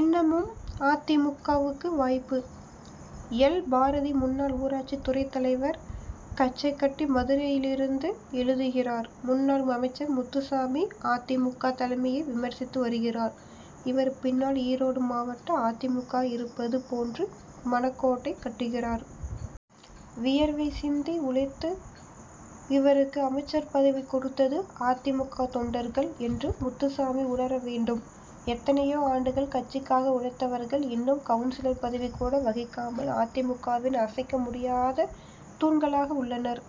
இன்னமும் அ. தி. மு. க.வுக்கு வாய்ப்பு! எல். பாரதி, முன்னாள் ஊராட்சி துறைத்தலைவர், கச்சைகட்டி, மதுரையிலிருந்து எழுதுகிறார் முன்னாள் அமைச்சர் முத்துசாமி, அ. தி. மு. க. தலைமையை விமர்சித்து வருகிறார். இவர் பின்னால், ஈரோடு மாவட்ட அ. தி. மு. க. இருப்பது போன்று மனக்கோட்டை கட்டுகிறார். வியர்வை சிந்தி உழைத்து இவருக்கு அமைச்சர் பதவி கொடுத்தது, அ. தி. மு. க. தொண்டர்கள் என்று, முத்துசாமி உணர வேண்டும். எத்தனையோ ஆண்டுகள் கட்சிக்காக உழைத்தவர்கள், இன்னும் கவுன்சிலர் பதவி கூட வகிக்காமல், அ. தி. மு. க.வின் அசைக்க முடியாத தூண்களாக உள்ளனர்.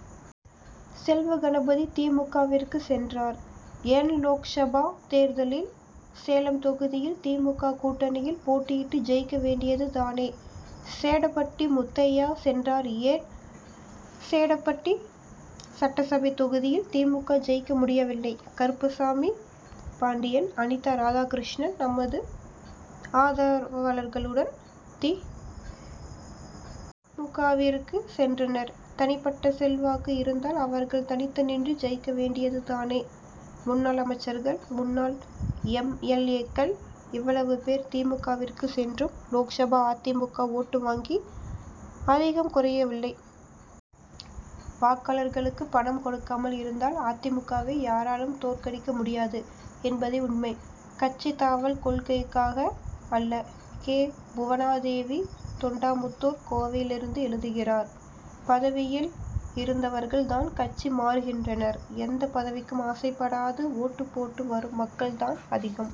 செல்வகணபதி, தி. மு. க. விற்கு சென்றார் ஏன்லோக்சபா தேர்தலில், சேலம் தொகுதியில், தி. மு. க. கூட்டணியில் போட்டியிட்டு, ஜெயிக்க வேண்டியது தானே! சேடபட்டி முத்தையா சென்றார் ஏன், சேடபட்டி சட்டசபை தொகுதியில், தி. மு. க. ஜெயிக்க முடியவில்லை? கருப்புசாமி பாண்டியன், அனிதா ராதாகிருஷ்ணன் தமது ஆதரவாளர்களுடன், தி. மு. க.விற்கு சென்றனர். தனிபட்ட செல்வாக்கு இருந்தால், அவர்கள் தனித்து நின்று ஜெயிக்க வேண்டியது தானே! முன்னாள் அமைச்சர்கள், முன்னாள் எம். எல். ஏ.க்கள், இவ்வளவு பேர் தி. மு. க. விற்கு சென்றும், லோக்சபா அ. தி. மு. க. ஓட்டு வங்கி, அதிகம் குறையவில்லை. வாக்காளர்களுக்கு பணம் கொடுக்காமல் இருந்தால், அ. தி. மு. க.வை யாராலும் தோற்கடிக்க முடியாது என்பதே உண்மை. கட்சி தாவல் கொள்கைக்காக அல்ல! கே. புவனாதேவி, தொண்டாமுத்தூர், கோவையிலிருந்து எழுதுகிறார் பதவியில் இருந்தவர்கள் தான் கட்சி மாறுகின்றனர். எந்தப் பதவிக்கும் ஆசைப்படாது ஓட்டுப் போட்டு வரும் மக்கள் தான் அதிகம்.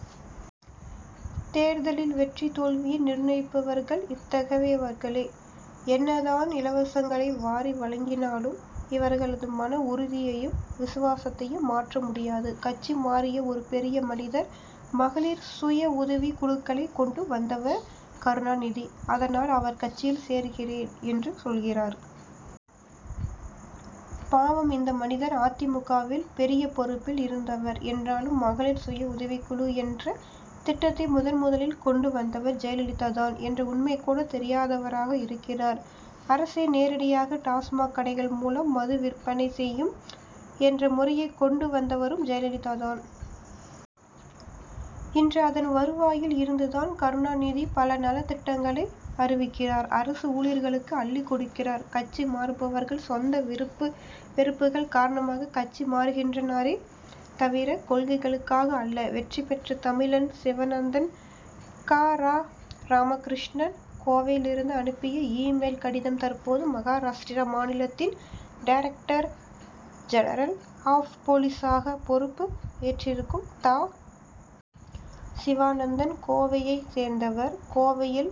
தேர்தலில் வெற்றி, தோல்வியை நிர்ணயிப்பவர்கள் இத்தகையவர்களே. என்ன தான் இலவசங்களை வாரி வழங்கினாலும், இவர்களது மன உறுதியையும், விசுவாசத்தையும் மாற்ற முடியாது. கட்சி மாறிய ஒரு பெரிய மனிதர், மகளிர் சுய உதவிக் குழுக்களைக் கொண்டு வந்தவர் கருணாநிதி. அதனால், அவர் கட்சியில் சேர்கிறேன் என்று சொல்கிறார். பாவம்இந்த மனிதர் அ. தி. மு. க. வில் பெரிய பொறுப்பில் இருந்தவர் என்றாலும், மகளிர் சுயஉதவிக் குழு என்ற திட்டத்தை முதன்முதலில் கொண்டு வந்தவர் ஜெயலலிதா தான் என்ற உண்மை கூட தெரியாதவராக இருக்கிறார். அரசே நேரடியாக டாஸ் மாக் கடைகள் மூலம் மது விற்பனை செயும் என்ற முறையை கொண்டு வந்தவரும் ஜெயலலிதா தான். இன்று அதன் வருவாயில் இருந்து தான், கருணாநிதி பல நலத்திட்டங்களை அறிவிக்கிறார். அரசு ஊழியர்களுக்கு அள்ளிக் கொடுக்கிறார். கட்சி மாறுபவர்கள், சொந்த, விருப்பு வெறுப்புகள் காரணமாக கட்சி மாறுகின்றனரே தவிர, கொள்கைகளுக்காக அல்ல. வெற்றி பெற்ற தமிழன் சிவானந்தன் கா. ரா. ராமகிருஷ்ணன், கோவையிலிருந்து அனுப்பிய, இ-மெயில் கடிதம் தற்போது, மகாராஷ்டிர மாநிலத்தின் டைரக்டர் ஜெனரல் ஆப் போலீசாக பொறுப்பு ஏற்றிருக்கும் தா. சிவானந்தன், கோவையைச் சேர்ந்தவர். கோவையில்,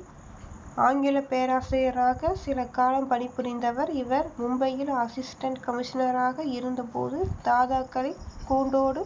ஆங்கில பேராசிரியராக சில காலம் பணிபுரிந்தவர். இவர் மும்பையில், அசிஸ்டன்ட் கமிஷனராக இருந்த போது, தாதாக்களை கூண்டோடு